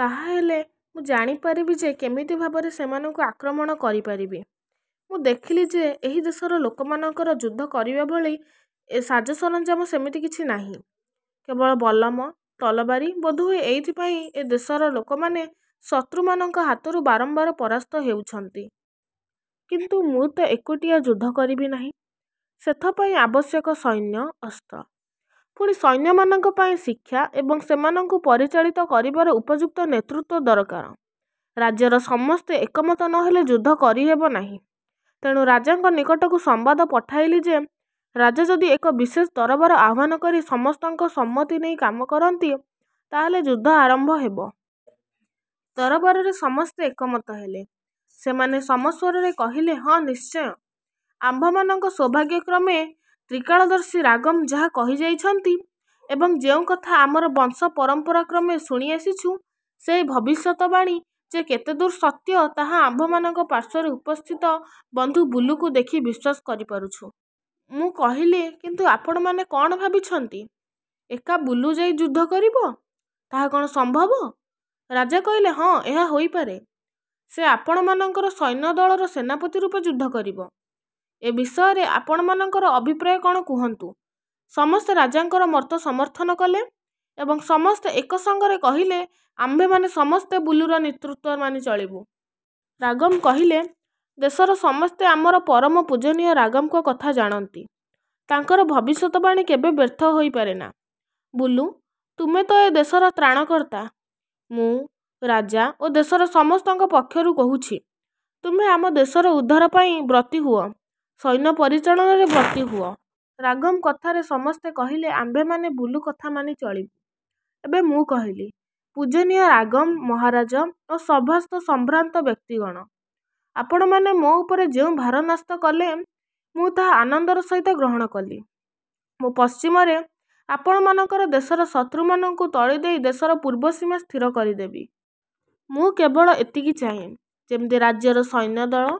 ତାହାହେଲେ ମୁଁ ଜାଣିପାରିବି ଯେ, କେମିତି ଭାବରେ ସେମାନଙ୍କୁ ଆକ୍ରମଣ କରିପାରିବି। '' ମୁଁ ଦେଖିଲି ଯେ ଏହି ଦେଶର ଲୋକମାନଙ୍କର ଯୁଦ୍ଧ କରିବାଭଳି ସାଜସରଞ୍ଜାମ ସେମିତି କିଛି ନାହିଁ। କେବଳ ବଲ୍ଲମ, ତରବାରୀ ବୋଧହୁଏ ଏଇଥିପାଇଁ ଏ ଦେଶର ଲୋକମାନେ ଶତ୍ରୁମାନଙ୍କ ହାତରୁ ବାରମ୍ବାର ପରାସ୍ତ ହେଉଛନ୍ତି। କିନ୍ତୁ ମୁଁ ତ ଏକୁଟିଆ ଯୁଦ୍ଧ କରିବି ନାହିଁ, ସେଥପାଇଁ ଆବଶ୍ୟକ ସୈନ୍ୟ, ଅସ୍ତ୍ର। ପୁଣି ସୈନ୍ୟମାନଙ୍କ ପାଇଁ ଶିକ୍ଷା ଏବଂ ସେମାନଙ୍କୁ ପରିଚାଳିତ କରିବାର ଉପଯୁକ୍ତ ନେତୃତ୍ୱ ଦରକାର। ରାଜ୍ୟର ସମସ୍ତେ ଏକମତ ନ ହେଲେ ଯୁଦ୍ଧ କରିହେବ ନାହିଁ। ତେଣୁ ରାଜାଙ୍କ ନିକଟକୁ ସମ୍ବାଦ ପଠାଇଲି ଯେ, ରାଜା ଯଦି ଏକ ବିଶେଷ ଦରବାର ଆହ୍ୱାନ କରି ସମସ୍ତଙ୍କ ସମ୍ମତି ନେଇ କାମ କରନ୍ତି, ତାହାହେଲେ ଯୁଦ୍ଧ ଆରମ୍ଭ ହେବ। ଦରବାରରେ ସମସ୍ତେ ଏକମତ ହେଲେ। ସେମାନେ ସମସ୍ୱରରେ କହିଲେ, ''ହଁ ନିଶ୍ଚୟ। ଆମ୍ଭମାନଙ୍କ ସୌଭାଗ୍ୟକ୍ରମେ ତ୍ରିକାଳଦର୍ଶୀ ରାଗମ୍ ଯାହା କହିଯାଇଛନ୍ତି ଏବଂ ଯେଉଁ କଥା ଆମର ବଂଶ ପରମ୍ପରା କ୍ରମେ ଶୁଣି ଆସୁଛୁ ସେଇ ଭବିଷ୍ୟତବାଣୀ ଯେ କେତେଦୂର ସତ୍ୟ ତାହା ଆମ୍ଭମାନଙ୍କ ପାର୍ଶ୍ୱରେ ଉପସ୍ଥିତ ବନ୍ଧୁ ବୁଲୁକୁ ଦେଖି ବିଶ୍ୱାସ କରିପାରୁଛୁଁ। '' ମୁଁ କହିଲି କିନ୍ତୁ ଆପଣମାନେ କ'ଣ ଭାବିଛନ୍ତି, ଏକା ବୁଲୁ ଯାଇ ଯୁଦ୍ଧ କରିବ? ତାହା କ'ଣ ସମ୍ଭବ? ରାଜା କହିଲେ, ''ହଁ ଏହା ହୋଇପାରେ। ସେ ଆପଣମାନଙ୍କର ସୈନ୍ୟଦଳର ସେନାପତିରୂପେ ଯୁଦ୍ଧ କରିବ, ଏ ବିଷୟରେ ଆପଣମାନଙ୍କର ଅଭିପ୍ରାୟ କ'ଣ କୁହନ୍ତୁ। '' ସମସ୍ତେ ରାଜାଙ୍କର ମତ ସମର୍ଥନ କଲେ ଏବଂ ସମସ୍ତେ ଏକ ସଙ୍ଗରେ କହିଲେ, ''ଆମ୍ଭେମାନେ ସମସ୍ତେ ବୁଲୁର ନେତୃତ୍ୱ ମାନି ଚଳିବୁ। '' ରାଗମ୍ କହିଲେ, ଦେଶର ସମସ୍ତେ ଆମର ପରମ ପୂଜନୀୟ ରାଗମ୍ଙ୍କ କଥା ଜାଣନ୍ତି। ତାଙ୍କର ଭବିଷ୍ୟତବାଣୀ କେବେ ବ୍ୟର୍ଥ ହୋଇପାରେନା। ବୁଲୁ, ତୁମେ ତ ଏ ଦେଶର ତ୍ରାଣକର୍ତ୍ତା। ମୁଁ ରାଜା ଓ ଦେଶର ସମସ୍ତଙ୍କ ପକ୍ଷରୁ କହୁଛି, ତୁମ୍ଭେ ଆମ୍ଭ ଦେଶର ଉଦ୍ଧାରପାଇଁ ବ୍ରତୀ ହୁଅ ସୈନ୍ୟ ପରିଚାଳନାରେ ବ୍ରତୀ ହୁଅ। ରାଗମ୍ କଥାରେ ସମସ୍ତେ କହିଲେ, ''ଆମ୍ଭେମାନେ ବୁଲୁ କଥା ମାନି ଚଳିବୁ। '' ଏବେ ମୁଁ କହିଲି-ପୂଜନୀୟ ରାଗମ୍ ମହାରାଜ ଓ ସଭାସ୍ଥ ସମ୍ଭ୍ରାନ୍ତ ବ୍ୟକ୍ତିଗଣ, ''ଆପଣମାନେ ମୋ ଉପରେ ଯେଉଁ ଭାର ନ୍ୟସ୍ତ କଲେ, ମୁଁ ତାହା ଆନନ୍ଦର ସହିତ ଗ୍ରହଣ କଲି। ମୁଁ ପଶ୍ଚିମରେ ଆପଣମାନଙ୍କ ଦେଶର ଶତ୍ରୁମାନଙ୍କୁ ତଡ଼ି ଦେଇ ଦେଶର ପୂର୍ବ ସୀମା ସ୍ଥିର କରିଦେବି। ମୁଁ କେବଳ ଏତିକି ଚାହେଁ, ଯେମିତି ରାଜ୍ୟର ସୈନ୍ୟଦଳ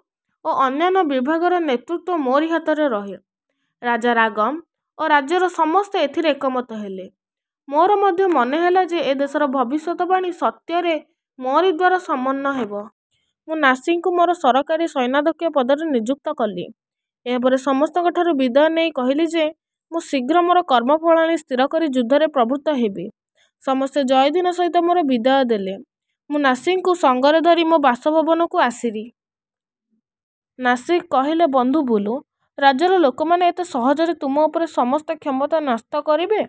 ଓ ଅନ୍ୟାନ୍ୟ ବିଭାଗର ନେତୃତ୍ୱ ମୋରି ହାତରେ ରହେ। '' ରାଜା ରାଗମ୍ ଓ ରାଜ୍ୟର ସମସ୍ତେ ଏଥିରେ ଏକମତ ହେଲେ। ମୋର ମଧ୍ୟ ମନେହେଲା ଯେ, ଏ ଦେଶର ଭବିଷ୍ୟତବାଣୀ ସତ୍ୟରେ ମୋରିଦ୍ୱାରା ସମ୍ପନ୍ନ ହେବ। ମୁଁ ନାସିଗ୍କୁ ମୋର ସହକାରୀ ସୈନ୍ୟାଧ୍ୟକ୍ଷ ପଦରେ ନିଯୁକ୍ତ କଲି। ଏହାପରେ ସମସ୍ତଙ୍କଠାରୁ ବିଦାୟ ନେଇ କହିଲି ଯେ, ''ମୁଁ ଶୀଘ୍ର ମୋର କର୍ମପ୍ରଣାଳୀ ସ୍ଥିର କରି ଯୁଦ୍ଧରେ ପ୍ରବୃତ୍ତ ହେବି। '' ସମସ୍ତେ ଜୟଧ୍ୱନି ସହିତ ମୋତେ ବିଦାୟ ଦେଲେ। ମୁଁ ନାସିଗ୍ଙ୍କୁ ସଙ୍ଗରେ ଧରି ମୋ ବାସଭବନକୁ ଆସିରି। ନାସିଗ୍ କହିଲେ, ବନ୍ଧୁ ବୁଲୁ! ରାଜ୍ୟର ଲୋକମାନେ ଏତେ ସହଜରେ ତୁମ ଉପରେ ସମସ୍ତ କ୍ଷମତା ନ୍ୟସ୍ତ କରିବେ,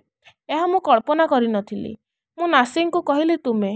ଏହା ମୁଁ କଳ୍ପନା କରିନଥିଲି। ମୁଁ ନାସିଗ୍କୁ କହିଲି, ''ତୁମେ